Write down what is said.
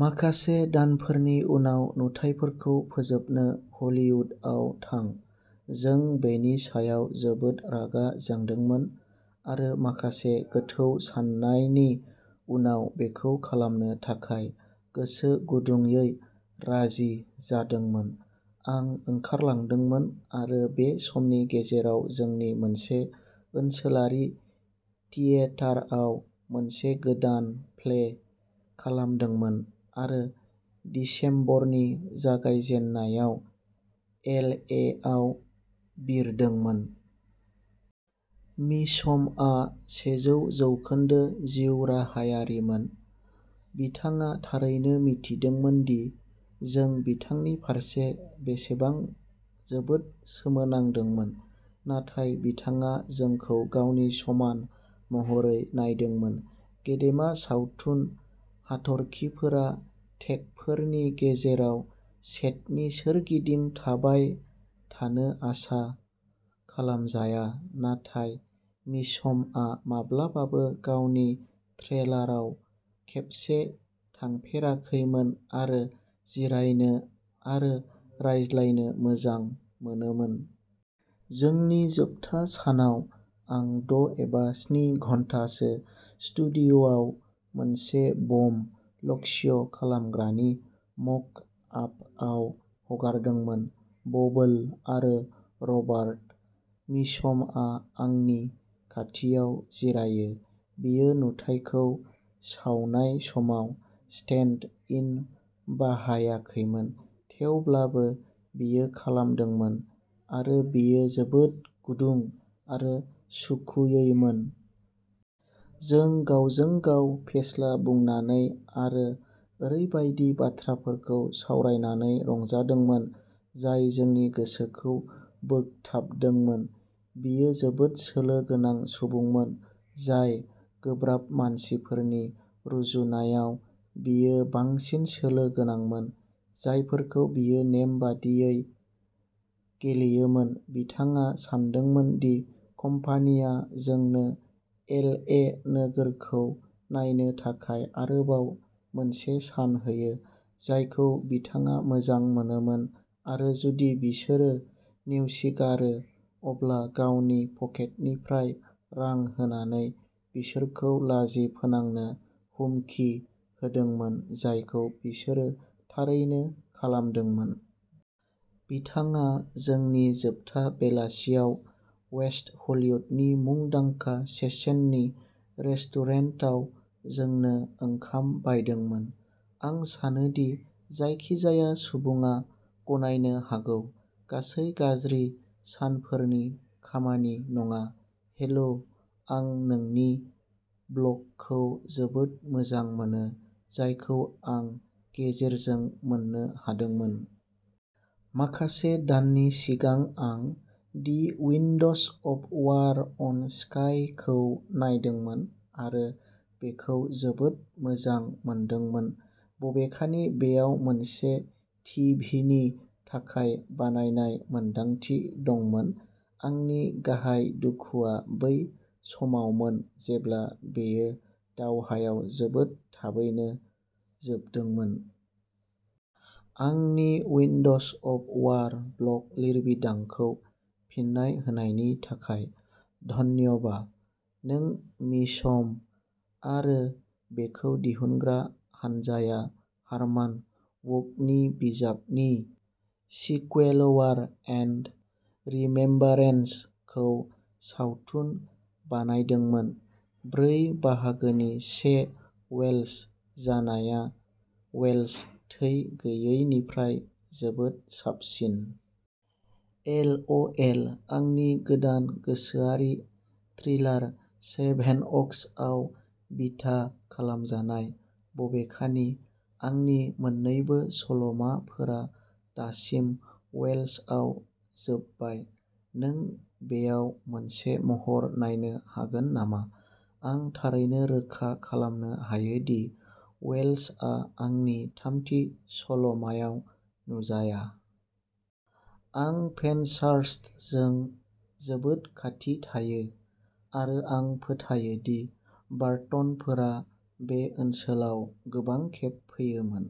माखासे दानफोरनि उनाव नुथाइफोरखौ फोजोबनो हलीवुडआव थां। जों बेनि सायाव जोबोद रागा जोंदोंमोन आरो माखासे गोथौ साननायनि उनाव, बेखौ खालामनो थाखाय गोसो गुदुंयै राजि जादोंमोन। आं ओंखारलांदोंमोन आरो बे समनि गेजेराव जोंनि मोनसे ओनसोलारि थियेटारआव मोनसे गोदान प्ले खालामदोंमोन आरो दिसेम्बरनि जागायजेन्नायाव एल ए आव बिरदोंमोन। मिचमआ सेजौ जौखोन्दो जिउराहायारिमोन। बिथाङा थारैनो मिथिदोंमोन दि जों बिथांनि फारसे बेसेबां जोबोद सोमोनांदोंमोन, नाथाय बिथाङा जोंखौ गावनि समान महरै नायदोंमोन। गेदेमा सावथुन हाथरखिफोरा टेकफोरनि गेजेराव सेटनि सोरगिदिं थाबाय थानो आसा खालामजाया, नाथाय मिचमआ माब्लाबाबो गावनि ट्रेलाराव खेबसे थांफेराखैमोन आरो जिरायनो आरो रायज्लायनो मोजां मोनोमोन। जोंनि जोबथा सानाव आं द' एबा स्नि घन्टासो स्टुडिय'आव मोनसे बम लक्ष्य खालामग्रानि मक आपआव हगारदोंमोन। बबोल आरो रबार्ट मिचमआ आंनि खाथियाव जिरायो। बियो नुथाइखौ सावनाय समाव स्टेन्ड इन बाहायाखैमोन, थेवब्लाबो बियो खालामदोंमोन, आरो बेयो जोबोद गुदुं आरो सुखुयैमोन। जों गावजों-गाव फेस्ला बुंनानै आरो ओरैबायदि बाथ्राफोरखौ सावरायनानै रंजादोंमोन जाय जोंनि गोसोखौ बोगथाबदोंमोन। बियो जोबोद सोलो गोनां सुबुंमोन जाय गोब्राब मानसिफोरनि रुजुनायाव बियो बांसिन सोलो गोनांमोन, जायफोरखौ बियो नेमबादियै गेलेयोमोन। बिथाङा सानदोंमोन दि कम्पानिया जोंनो एल ए नोगोरखौ नायनो थाखाय आरोबाव मोनसे सान होयो, जायखौ बिथाङा मोजां मोनोमोन, आरो जुदि बिसोरो नेवसिगारो अब्ला गावनि पकेटनिफ्राय रां होनानै बिसोरखौ लाजि फोनांनो हुमखि होदोंमोन जायखौ बिसोरो थारैनो खालामदोंमोन। बिथाङा जोंनि जोबथा बेलासियाव वेस्ट हलीवुडनि मुंदांखा चेसेननि रेस्टुरेन्टाव जोंनो ओंखाम बायदोंमोन। आं सानो दि जायखिजाया सुबुङा गनायनो हागौ, गासै गाज्रि सानफोरनि खामानि नङा, हेलो आं नोंनि ब्लगखौ जोबोद मोजां मोनो, जायखौ आं गेजेरजों मोननो हादोंमोन। माखासे दाननि सिगां आं the winds of war on स्काइखौ नायदोंमोन आरो बेखौ जोबोद मोजां मोनदोंमोन, बबेखानि बेयाव मोनसे टिभिनि थाखाय बानायनाय मोनदांथि दंमोन। आंनि गाहाय दुखुआ बै समावमोन जेब्ला बेयो दावहायाव जोबोद थाबैनो जोबदोंमोन। आंनि विन्डस अफ वार ब्लग लिरबिदांखौ फिन्नाय होनायनि थाखाय धन्यबा। नों मिचम आरो बेखौ दिहुनग्रा हानजाया हारमान वुकनि बिजाबनि सिक्वेल'वार एन्ड रिमेम्बारेन्स खौ सावथुन बानायदोंमोन। ब्रै बाहागोनि से वेल्श जानाया वेल्श थै गैयैनिफ्राय जोबोद साबसिन। एल अ एल, आंनि गोदान गोसोआरि थ्रिलार सेभेनअक्सआव बिथा खालामजानाय। बबेखानि, आंनि मोन्नैबो सल'माफोरा दासिम वेल्सआव जोबबाय। नों बेयाव मोनसे महर नायनो हागोन नामा? आं थारैनो रोखा खालामनो हायो दि वेल्सआ आंनि थामथि सल'मायाव नुजाया। आं पेनशार्स्टजों जोबोद खाथि थायो आरो आं फोथायो दि बार्टनफोरा बे ओनसोलाव गोबां खेब फैयोमोन।